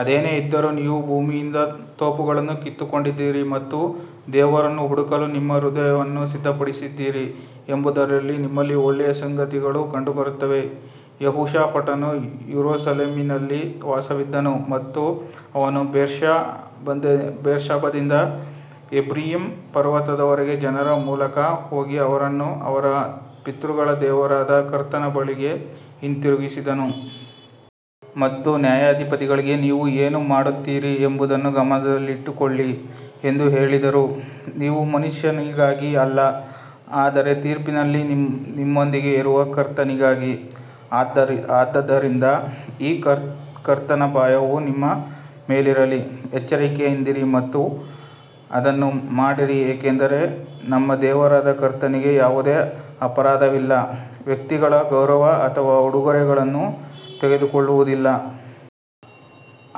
ಅದೇನೇ ಇದ್ದರೂ, ನೀವು ಭೂಮಿಯಿಂದ ತೋಪುಗಳನ್ನು ಕಿತ್ತುಕೊಂಡಿದ್ದೀರಿ ಮತ್ತು ದೇವರನ್ನು ಹುಡುಕಲು ನಿಮ್ಮ ಹೃದಯವನ್ನು ಸಿದ್ಧಪಡಿಸಿದ್ದೀರಿ ಎಂಬುದರಲ್ಲಿ ನಿಮ್ಮಲ್ಲಿ ಒಳ್ಳೆಯ ಸಂಗತಿಗಳು ಕಂಡುಬರುತ್ತವೆ. ಯೆಹೋಷಾಫಾಟನು ಯೆರೂಸಲೇಮಿನಲ್ಲಿ ವಾಸವಾಗಿದ್ದನು ಮತ್ತು ಅವನು ಬೇರ್ಷೆಬದಿಂದ ಎಫ್ರಾಯೀಮ್ ಪರ್ವತದವರೆಗೆ ಜನರ ಮೂಲಕ ಹೋಗಿ ಅವರನ್ನು ಅವರ ಪಿತೃಗಳ ದೇವರಾದ ಕರ್ತನ ಬಳಿಗೆ ಹಿಂತಿರುಗಿಸಿದನು. ಮತ್ತು ನ್ಯಾಯಾಧಿಪತಿಗಳಿಗೆ ನೀವು ಏನು ಮಾಡುತ್ತೀರಿ ಎಂಬುದನ್ನು ಗಮನದಲ್ಲಿಟ್ಟುಕೊಳ್ಳಿ ಎಂದು ಹೇಳಿದರು, ನೀವು ಮನುಷ್ಯನಿಗಾಗಿ ಅಲ್ಲ, ಆದರೆ ತೀರ್ಪಿನಲ್ಲಿ ನಿಮ್ಮೊಂದಿಗೆ ಇರುವ ಕರ್ತನಿಗಾಗಿ. ಆದದರಿಂದ ಈಗ ಕರ್ತನ ಭಯವು ನಿಮ್ಮ ಮೇಲಿರಲಿ, ಎಚ್ಚರಿಕೆಯಿಂದಿರಿ ಮತ್ತು ಅದನ್ನು ಮಾಡಿರಿ ಏಕೆಂದರೆ ನಮ್ಮ ದೇವರಾದ ಕರ್ತನಿಗೆ ಯಾವುದೇ ಅಪರಾಧವಿಲ್ಲ, ವ್ಯಕ್ತಿಗಳ ಗೌರವ ಅಥವಾ ಉಡುಗೊರೆಗಳನ್ನು ತೆಗೆದುಕೊಳ್ಳುವುದಿಲ್ಲ.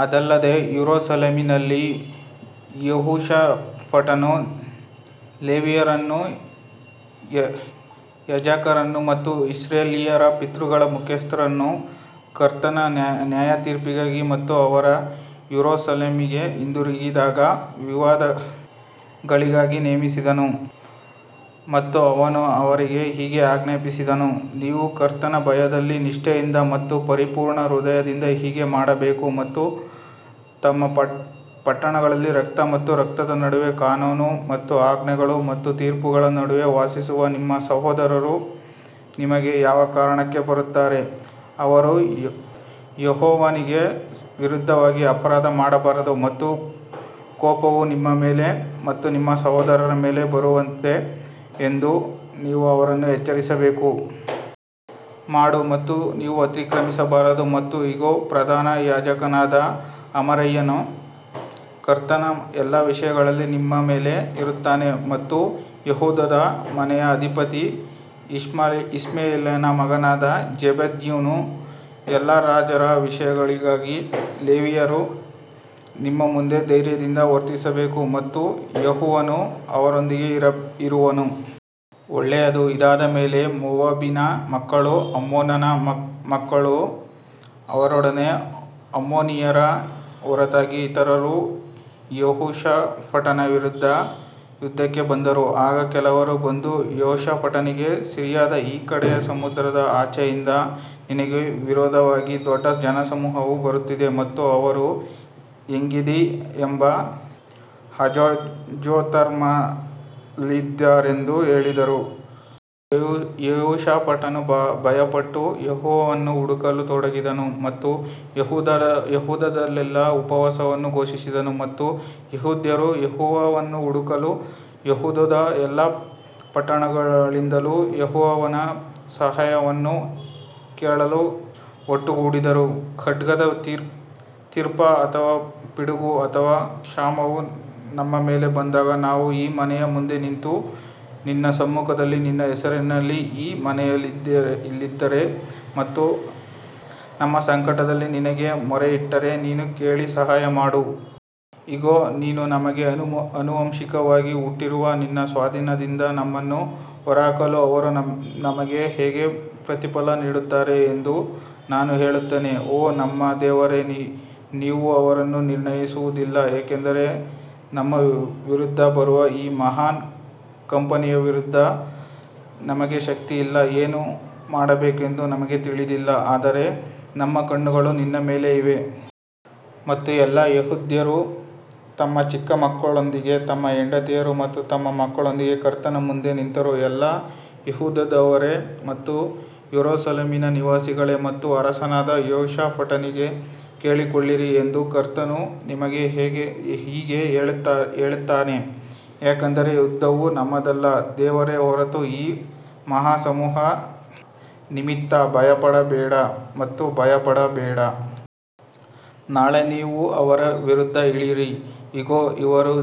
ಇದಲ್ಲದೆ ಯೆರೂಸಲೇಮಿನಲ್ಲಿ ಯೆಹೋಷಾಫಾಟನು ಲೇವಿಯರನ್ನು, ಯಾಜಕರನ್ನು ಮತ್ತು ಇಸ್ರಾಯೇಲ್ಯರ ಪಿತೃಗಳ ಮುಖ್ಯಸ್ಥರನ್ನು ಕರ್ತನ ನ್ಯಾಯತೀರ್ಪಿಗಾಗಿ ಮತ್ತು ಅವರು ಯೆರೂಸಲೇಮಿಗೆ ಹಿಂದಿರುಗಿದಾಗ ವಿವಾದಗಳಿಗಾಗಿ ನೇಮಿಸಿದನು. ಮತ್ತು ಆತನು ಅವರಿಗೆ ಹೀಗೆ ಆಜ್ಞಾಪಿಸಿದನು, ನೀವು ಕರ್ತನ ಭಯದಲ್ಲಿ ನಿಷ್ಠೆಯಿಂದ ಮತ್ತು ಪರಿಪೂರ್ಣ ಹೃದಯದಿಂದ ಹೀಗೆ ಮಾಡಬೇಕು ಮತ್ತು ತಮ್ಮ ಪಟ್ಟಣಗಳಲ್ಲಿ ರಕ್ತ ಮತ್ತು ರಕ್ತದ ನಡುವೆ ಕಾನೂನು ಮತ್ತು ಆಜ್ಞೆಗಳು ಮತ್ತು ತೀರ್ಪುಗಳ ನಡುವೆ ವಾಸಿಸುವ ನಿಮ್ಮ ಸಹೋದರರು ನಿಮಗೆ ಯಾವ ಕಾರಣಕ್ಕಾಗಿ ಬರುತ್ತಾರೆ, ಅವರು ಯೆಹೋವನಿಗೆ ವಿರುದ್ಧವಾಗಿ ಅಪರಾಧ ಮಾಡಬಾರದು ಮತ್ತು ಕೋಪವು ನಿಮ್ಮ ಮೇಲೆ ಮತ್ತು ನಿಮ್ಮ ಸಹೋದರರ ಮೇಲೆ ಬರುತ್ತದೆ ಎಂದು ನೀವು ಅವರನ್ನು ಎಚ್ಚರಿಸಬೇಕು. ಮಾಡು ಮತ್ತು ನೀವು ಅತಿಕ್ರಮಿಸಬಾರದು ಮತ್ತು ಇಗೋ, ಪ್ರಧಾನ ಯಾಜಕನಾದ ಅಮರಯ್ಯನು ಕರ್ತನ ಎಲ್ಲಾ ವಿಷಯಗಳಲ್ಲಿ ನಿಮ್ಮ ಮೇಲೆ ಇರುತ್ತಾನೆ ಮತ್ತು ಯೆಹೂದದ ಮನೆಯ ಅಧಿಪತಿ ಇಷ್ಮಾಯೇಲನ ಮಗನಾದ ಜೆಬದ್ಯನು ಎಲ್ಲಾ ರಾಜರ ವಿಷಯಗಳಿಗಾಗಿ ಲೇವಿಯರು ನಿಮ್ಮ ಮುಂದೆ ಧೈರ್ಯದಿಂದ ವರ್ತಿಸಬೇಕು ಮತ್ತು ಯೆಹೋವನು ಅವರೊಂದಿಗೆ ಇರುವನು. ಒಳ್ಳೆಯದು ಇದಾದ ಮೇಲೆ ಮೋವಾಬಿನ ಮಕ್ಕಳೂ ಅಮ್ಮೋನನ ಮಕ್ಕಳೂ ಅವರೊಡನೆ ಅಮ್ಮೋನಿಯರ ಹೊರತಾಗಿ ಇತರರೂ ಯೆಹೋಷಾಫಾಟನ ವಿರುದ್ಧ ಯುದ್ಧಕ್ಕೆ ಬಂದರು. ಆಗ ಕೆಲವರು ಬಂದು ಯೆಹೋಷಾಫಾಟನಿಗೆ ಸಿರಿಯದ ಈ ಕಡೆಯ ಸಮುದ್ರದ ಆಚೆಯಿಂದ ನಿನಗೆ ವಿರೋಧವಾಗಿ ದೊಡ್ಡ ಜನಸಮೂಹವು ಬರುತ್ತಿದೆ ಮತ್ತು ಅವರು ಎಂಗೆದಿ ಎಂಬ ಹಜಾಜೊಂತಮಾರ್ನಲ್ಲಿದ್ದಾರೆಂದು ಹೇಳಿದರು. ಯೆಹೋಷಾಫಾಟನು ಭಯಪಟ್ಟು ಯೆಹೋವನನ್ನು ಹುಡುಕಲು ತೊಡಗಿದನು ಮತ್ತು ಯೆಹೂದದಲ್ಲೆಲ್ಲಾ ಉಪವಾಸವನ್ನು ಘೋಷಿಸಿದನು. ಮತ್ತು ಯೆಹೂದ್ಯರು ಯೆಹೋವನನ್ನು ಹುಡುಕಲು ಯೆಹೂದದ ಎಲ್ಲಾ ಪಟ್ಟಣಗಳಿಂದಲೂ ಯೆಹೋವನ ಸಹಾಯವನ್ನು ಕೇಳಲು ಒಟ್ಟುಗೂಡಿದರು. ಖಡ್ಗದ ತೀರ್ಪು ಅಥವಾ ಪಿಡುಗು ಅಥವಾ ಕ್ಷಾಮವು ನಮ್ಮ ಮೇಲೆ ಬಂದಾಗ ನಾವು ಈ ಮನೆಯ ಮುಂದೆ ನಿಂತು ನಿನ್ನ ಸಮ್ಮುಖದಲ್ಲಿ ನಿನ್ನ ಹೆಸರಿನಲ್ಲಿ ಈ ಮನೆಯಲ್ಲಿದ್ದರೆ ಮತ್ತು ನಮ್ಮ ಸಂಕಟದಲ್ಲಿ ನಿನಗೆ ಮೊರೆಯಿಟ್ಟರೆ ನೀನು ಕೇಳಿ ಸಹಾಯ ಮಾಡು. ಇಗೋ, ನೀನು ನಮಗೆ ಆನುವಂಶಿಕವಾಗಿ ಕೊಟ್ಟಿರುವ ನಿನ್ನ ಸ್ವಾಧೀನದಿಂದ ನಮ್ಮನ್ನು ಹೊರಹಾಕಲು ಅವರು ನಮಗೆ ಹೇಗೆ ಪ್ರತಿಫಲ ನೀಡುತ್ತಾರೆ ಎಂದು ನಾನು ಹೇಳುತ್ತೇನೆ. ಓ ನಮ್ಮ ದೇವರೇ ನೀವು ಅವರನ್ನು ನಿರ್ಣಯಿಸುವುದಿಲ್ಲ ಏಕೆಂದರೆ ನಮ್ಮ ವಿರುದ್ಧ ಬರುವ ಈ ಮಹಾನ್ ಕಂಪನಿಯ ವಿರುದ್ಧ ನಮಗೆ ಶಕ್ತಿಯಿಲ್ಲ, ಏನು ಮಾಡಬೇಕೆಂದು ನಮಗೆ ತಿಳಿದಿಲ್ಲ ಆದರೆ ನಮ್ಮ ಕಣ್ಣುಗಳು ನಿನ್ನ ಮೇಲೆಯೇ ಇವೆ. ಮತ್ತು ಎಲ್ಲಾ ಯೆಹೂದ್ಯರು ತಮ್ಮ ಚಿಕ್ಕ ಮಕ್ಕಳೊಂದಿಗೆ ತಮ್ಮ ಹೆಂಡತಿಯರು ಮತ್ತು ತಮ್ಮ ಮಕ್ಕಳೊಂದಿಗೆ ಕರ್ತನ ಮುಂದೆ ನಿಂತರು ಎಲ್ಲಾ ಯೆಹೂದದವರೇ ಮತ್ತು ಯೆರೂಸಲೇಮಿನ ನಿವಾಸಿಗಳೇ ಮತ್ತು ಅರಸನಾದ ಯೆಹೋಷಾಫಾಟನೇ ಕೇಳಿಕೊಳ್ಳಿರಿ ಎಂದು ಕರ್ತನು ನಿಮಗೆ ಹೀಗೆ ಹೇಳುತ್ತಾನೆ ಯಾಕಂದರೆ ಯುದ್ಧವು ನಿಮ್ಮದಲ್ಲ, ದೇವರೇ ಹೊರತು ಈ ಮಹಾ ಸಮೂಹದ ನಿಮಿತ್ತ ಭಯಪಡಬೇಡ ಮತ್ತು ಭಯಪಡಬೇಡ. ನಾಳೆ ನೀವು ಅವರ ವಿರುದ್ಧ ಇಳಿಯಿರಿ, ಇಗೋ ಅವರು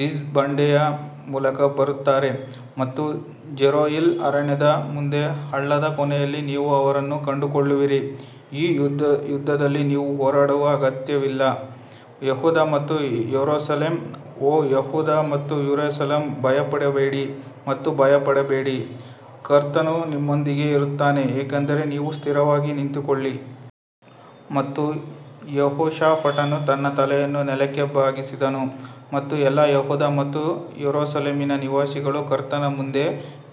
ಜಿಜ್ ಬಂಡೆಯ ಮೂಲಕ ಬರುತ್ತಾರೆ ಮತ್ತು ಜೆರುಯೆಲ್ ಅರಣ್ಯದ ಮುಂದೆ ಹಳ್ಳದ ಕೊನೆಯಲ್ಲಿ ನೀವು ಅವರನ್ನು ಕಂಡುಕೊಳ್ಳುವಿರಿ ಈ ಯುದ್ಧದಲ್ಲಿ ನೀವು ಹೋರಾಡುವ ಅಗತ್ಯವಿಲ್ಲ, ಯೆಹೂದ ಮತ್ತು ಯೆರೂಸಲೇಮ್, ಓ ಯೆಹೂದ ಮತ್ತು ಯೆರೂಸಲೇಮ್ ಭಯಪಡಬೇಡಿ ಮತ್ತು ಭಯಪಡಬೇಡಿ, ಕರ್ತನು ನಿಮ್ಮೊಂದಿಗೆ ಇರುತ್ತಾನೆ ಏಕೆಂದರೆ ನೀವು ಸ್ಥಿರವಾಗಿ ನಿಂತುಕೊಳ್ಳಿ. ಮತ್ತು ಯೆಹೋಷಾಫಾಟನು ತನ್ನ ತಲೆಯನ್ನು ನೆಲಕ್ಕೆ ಬಗ್ಗಿಸಿದನು ಮತ್ತು ಎಲ್ಲಾ ಯೆಹೂದ ಮತ್ತು ಯೆರೂಸಲೇಮಿನ ನಿವಾಸಿಗಳು ಕರ್ತನ ಮುಂದೆ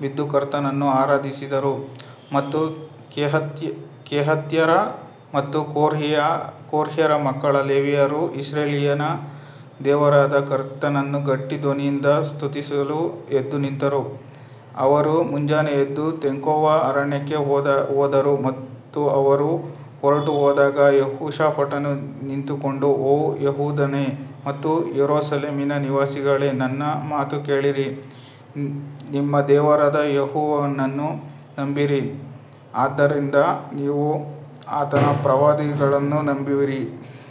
ಬಿದ್ದು ಕರ್ತನನ್ನು ಆರಾಧಿಸಿದರು. ಮತ್ತು ಕೆಹಾತ್ಯರ ಮತ್ತು ಕೊರ್ಹಿಯರ ಮಕ್ಕಳ ಲೇವಿಯರು ಇಸ್ರಾಯೇಲಿನ ದೇವರಾದ ಕರ್ತನನ್ನು ಗಟ್ಟಿ ಧ್ವನಿಯಿಂದ ಸ್ತುತಿಸಲು ಎದ್ದು ನಿಂತರು. ಅವರು ಮುಂಜಾನೆ ಎದ್ದು ತೆಕೋವಾ ಅರಣ್ಯಕ್ಕೆ ಹೋದರು ಮತ್ತು ಅವರು ಹೊರಟುಹೋದಾಗ ಯೆಹೋಷಾಫಾಟನು ನಿಂತುಕೊಂಡು, ಓ ಯೆಹೂದನೇ ಮತ್ತು ಯೆರೂಸಲೇಮಿನ ನಿವಾಸಿಗಳೇ ನನ್ನ ಮಾತನ್ನು ಕೇಳಿರಿ, ನಿಮ್ಮ ದೇವರಾದ ಯೆಹೋವನನ್ನು ನಂಬಿರಿ, ಆದ್ದರಿಂದ ನೀವು ಆತನ ಪ್ರವಾದಿಗಳನ್ನು ನಂಬುವಿರಿ.